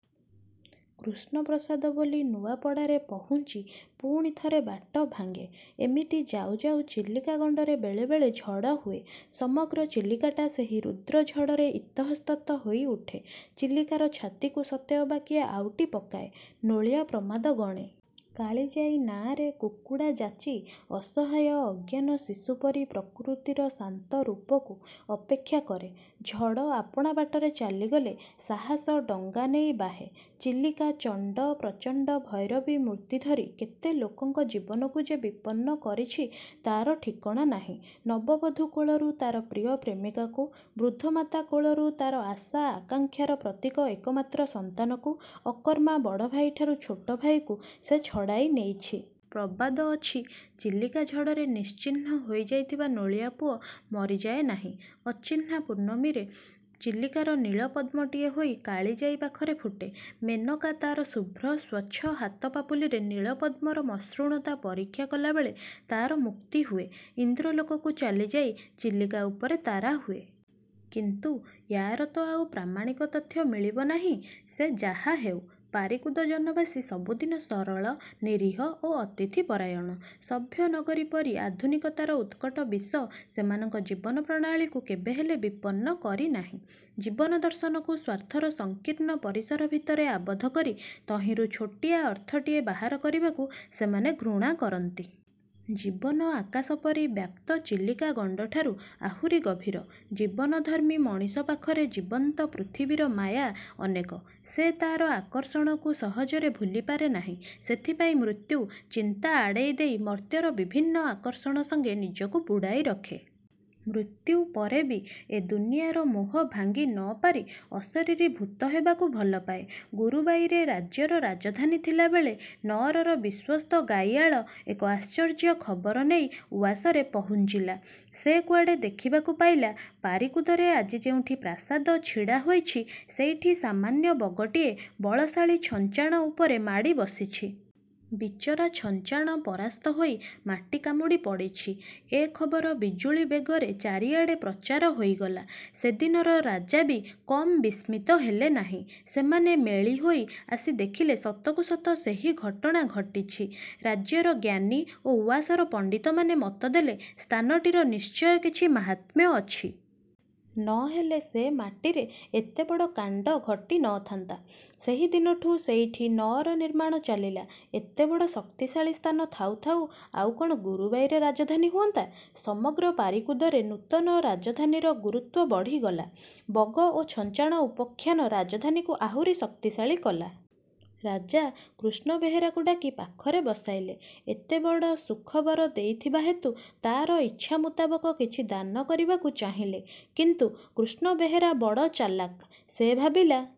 କୃଷ୍ଣପ୍ରସାଦ ବୋଲି ନୂଆପଡ଼ାରେ ପହୁଞ୍ଚି ପୁଣି ଥରେ ବାଟ ଭାଙ୍ଗେ-। ଏମିତି ଯାଉ, ଯାଉ ଚିଲିକା–ଗଣ୍ଡରେ ବେଳେ ବେଳେ ଝଡ଼ ହୁଏ। ସମଗ୍ର ଚିଲିକାଟା ସେହି ରୁଦ୍ର ଝଡ଼ରେ ଇତଃସ୍ତତ ହୋଇଉଠେ। ଚିଲିକାର ଛାତିକୁ ସତେ ଅବା କିଏ ଆଉଟି ପକାଏ-। ନୋଳିଆ ପ୍ରମାଦ ଗଣେ। କାଳିଜାଇ ନାଆଁରେ କୁକୁଡ଼ା ଯାଚି, ଅସହାୟ, ଅଜ୍ଞାନ ଶିଶୁପରି ପ୍ରକୃତିର ଶାନ୍ତରୂପକୁ ଅପେକ୍ଷା କରେ। ଝଡ଼ ଆପଣା ବାଟରେ ଚାଲିଗଲେ ସାହାସ ଡଙ୍ଗା ନେଇ ବାହେ-। ଚିଲିକା ଚଣ୍ଡ ପ୍ରଚଣ୍ଡ–ଭୈରବୀ–ମୂର୍ତ୍ତି ଧରି କେତେ ଲୋକଙ୍କ ଜୀବନକୁ ଯେ ବିପନ୍ନ କରିଛି ତା'ର ଠିକଣା ନାହିଁ। ନବବଧୂ କୋଳରୁ ତା'ର ପ୍ରିୟ ପ୍ରେମିକାକୁ, ବୃଦ୍ଧାମାତା କୋଳରୁ ତା'ର ଆଶା, ଆକାଙ୍କ୍ଷାର ପ୍ରତୀକ ଏକମାତ୍ର ସନ୍ତାନକୁ; ଅକର୍ମା ବଡ଼ ଭାଇଠାରୁ ଛୋଟ ଭାଇକୁ ସେ ଛଡ଼ାଇ ନେଇଛି। ପ୍ରବାଦ ଅଛି, ଚିଲିକା ଝଡ଼ରେ ନିଶ୍ଚିହ୍ନ ହୋଇଯାଇଥିବା ନୋଳିଆ ପୁଅ ମରିଯାଏ ନାହିଁ-। ଅଚିହ୍ନା ପୂର୍ଣ୍ଣମୀରେ ଚିଲିକାର ନୀଳ-ପଦ୍ମଟିଏ ହୋଇ କାଳିଯାଇ ପାଖରେ ଫୁଟେ। ମେନକା ତା'ର ଶୁଭ୍ର, ସ୍ୱଚ୍ଛ ହାତ ପାପୁଲିରେ ନୀଳ-ପଦ୍ମର ମସୃଣତା ପରୀକ୍ଷା କଲାବେଳେ ତାର ମୁକ୍ତି ହୁଏ-। ଇନ୍ଦ୍ରଲୋକକୁ ଚାଲିଯାଇ ଚିଲିକା ଉପରେ ତାରା ହୁଏ;। କିନ୍ତୁ ୟାର ତ ଆଉ ପ୍ରାମାଣିକ ତଥ୍ୟ ମିଳିବ ନାହିଁ! ସେ ଯାହା ହେଉ, ପାରିକୁଦ ଜନବାସୀ ସବୁଦିନ ସରଳ, ନିରୀହ ଓ ଅତିଥି ପରାୟଣ। ସଭ୍ୟ ନଗରୀ ପରି ଆଧୁନିକତାର ଉତ୍କଟ ବିଷ ସେମାନଙ୍କ ଜୀବନ ପ୍ରଣାଳୀକୁ କେବେହେଲେ ବିପନ୍ନ କରି ନାହିଁ। ଜୀବନ-ଦର୍ଶନକୁ ସ୍ୱାର୍ଥର ସଂକୀର୍ଣ୍ଣ ପରିସର ଭିତରେ ଆବଦ୍ଧ କରି ତହିଁରୁ ଛୋଟିଆ ଅର୍ଥଟିଏ ବାହାର କରିବାକୁ ସେମାନେ ଘୃଣା କରନ୍ତି। ଜୀବନ ଆକାଶପରି ବ୍ୟାପ୍ତ ଚିଲିକା ଗଣ୍ଡଠାରୁ ଆହୁରି ଗଭୀର। ଜୀବନ ଧର୍ମୀ ମଣିଷ ପାଖରେ ଜୀବନ୍ତ ପୃଥିବୀର ମାୟା ଅନେକ। ସେ ତା'ର ଆକର୍ଷଣକୁ ସହଜରେ ଭୁଲିପାରେ ନାହିଁ। ସେଥିପାଇଁ ମୃତ୍ୟୁ ଚିନ୍ତା ଆଡ଼େଇ ଦେଇ ମର୍ତ୍ତ୍ୟର ବିଭିନ୍ନ ଆକର୍ଷଣ ସଙ୍ଗେ ନିଜକୁ ବୁଡ଼ାଇ ରଖେ। ମୃତ୍ୟୁପରେ ବି ଏ ଦୁନିଆର ମୋହ ଭାଙ୍ଗି ନ ପାରି ଅଶରିରୀ ଭୂତ ହେବାକୁ ଭଲପାଏ। 'ଗୁରୁବାଇ'ରେ ରାଜ୍ୟର ରାଜଧାନୀ ଥିଲାବେଳେ ନଅରର ବିଶ୍ୱସ୍ତ ଗାଈଆଳ ଏକ ଆଶ୍ଚର୍ଯ୍ୟ ଖବର ନେଇ ଉଆସରେ ପହୁଞ୍ଚିଲା। ସେ କୁଆଡ଼େ ଦେଖିବାକୁ ପାଇଲା, ପାରିକୁଦରେ ଆଜି ଯେଉଁଠି ପ୍ରାସାଦ ଛିଡ଼ା ହୋଇଛି, ସେଇଠି ସାମାନ୍ୟ ବଗଟିଏ ବଳଶାଳୀ ଛଞ୍ଚାଣ ଉପରେ ମାଡ଼ି ବସିଛି। ବିଚରା ଛଞ୍ଚାଣ ପରାସ୍ତ ହୋଇ ମାଟି କାମୁଡ଼ି ପଡ଼ିଛି। ଏ ଖବର ବିଜୁଳୀ ବେଗରେ ଚାରିଆଡ଼େ ପ୍ରଚାର ହୋଇଗଲା। ସେଦିନର ରାଜା ବି କମ୍ ବିସ୍ମିତ ହେଲେ ନାହିଁ। ସେମାନେ ମେଳି ହୋଇ ଆସି ଦେଖିଲେ ସତକୁ ସତ ସେହି ଘଟଣା ଘଟିଛି। ରାଜ୍ୟର ଜ୍ଞାନୀ ଓ ଉଆସର ପଣ୍ଡିତମାନେ ମତଦେଲେ ସ୍ଥାନଟିର ନିଶ୍ଚୟ କିଛି ମାହାତ୍ମ୍ୟ ଅଛି। ନ ହେଲେ ସେ ମାଟିରେ ଏତେବଡ଼ କାଣ୍ଡ ଘଟି ନ ଥାନ୍ତା! ସେହିଦିନଠୁ ସେଇଠି ନଅର ନିର୍ମାଣ ଚାଲିଲା। ଏତେବଡ଼ ଶକ୍ତିଶାଳୀ ସ୍ଥାନ ଥାଉ ଥାଉ ଆଉ କଣ ଗୁରୁବାଇରେ ରାଜଧାନୀ ହୁଅନ୍ତା? ସମଗ୍ର ପାରିକୁଦରେ ନୂତନ ରାଜଧାନୀର ଗୁରୁତ୍ୱ ବଢ଼ିଗଲା। 'ବଗ ଓ ଛଞ୍ଚାଣ' ଉପଖ୍ୟାନ ରାଜଧାନୀକୁ ଆହୁରି ଶକ୍ତିଶାଳୀ କଲା। ରାଜା କୃଷ୍ଣ ବେହେରାକୁ ଡାକି ପାଖରେ ବସାଇଲେ। ଏତେ ବଡ଼ ସୁଖବର ଦେଇଥିବା ହେତୁ ତା'ର ଇଚ୍ଛାମୁତାବକ କିଛି ଦାନ କରିବାକୁ ଚାହିଁଲେ। କିନ୍ତୁ କୃଷ୍ଣ ବେହେରା ବଡ଼ ଚାଲାକ। ସେ ଭାବିଲା,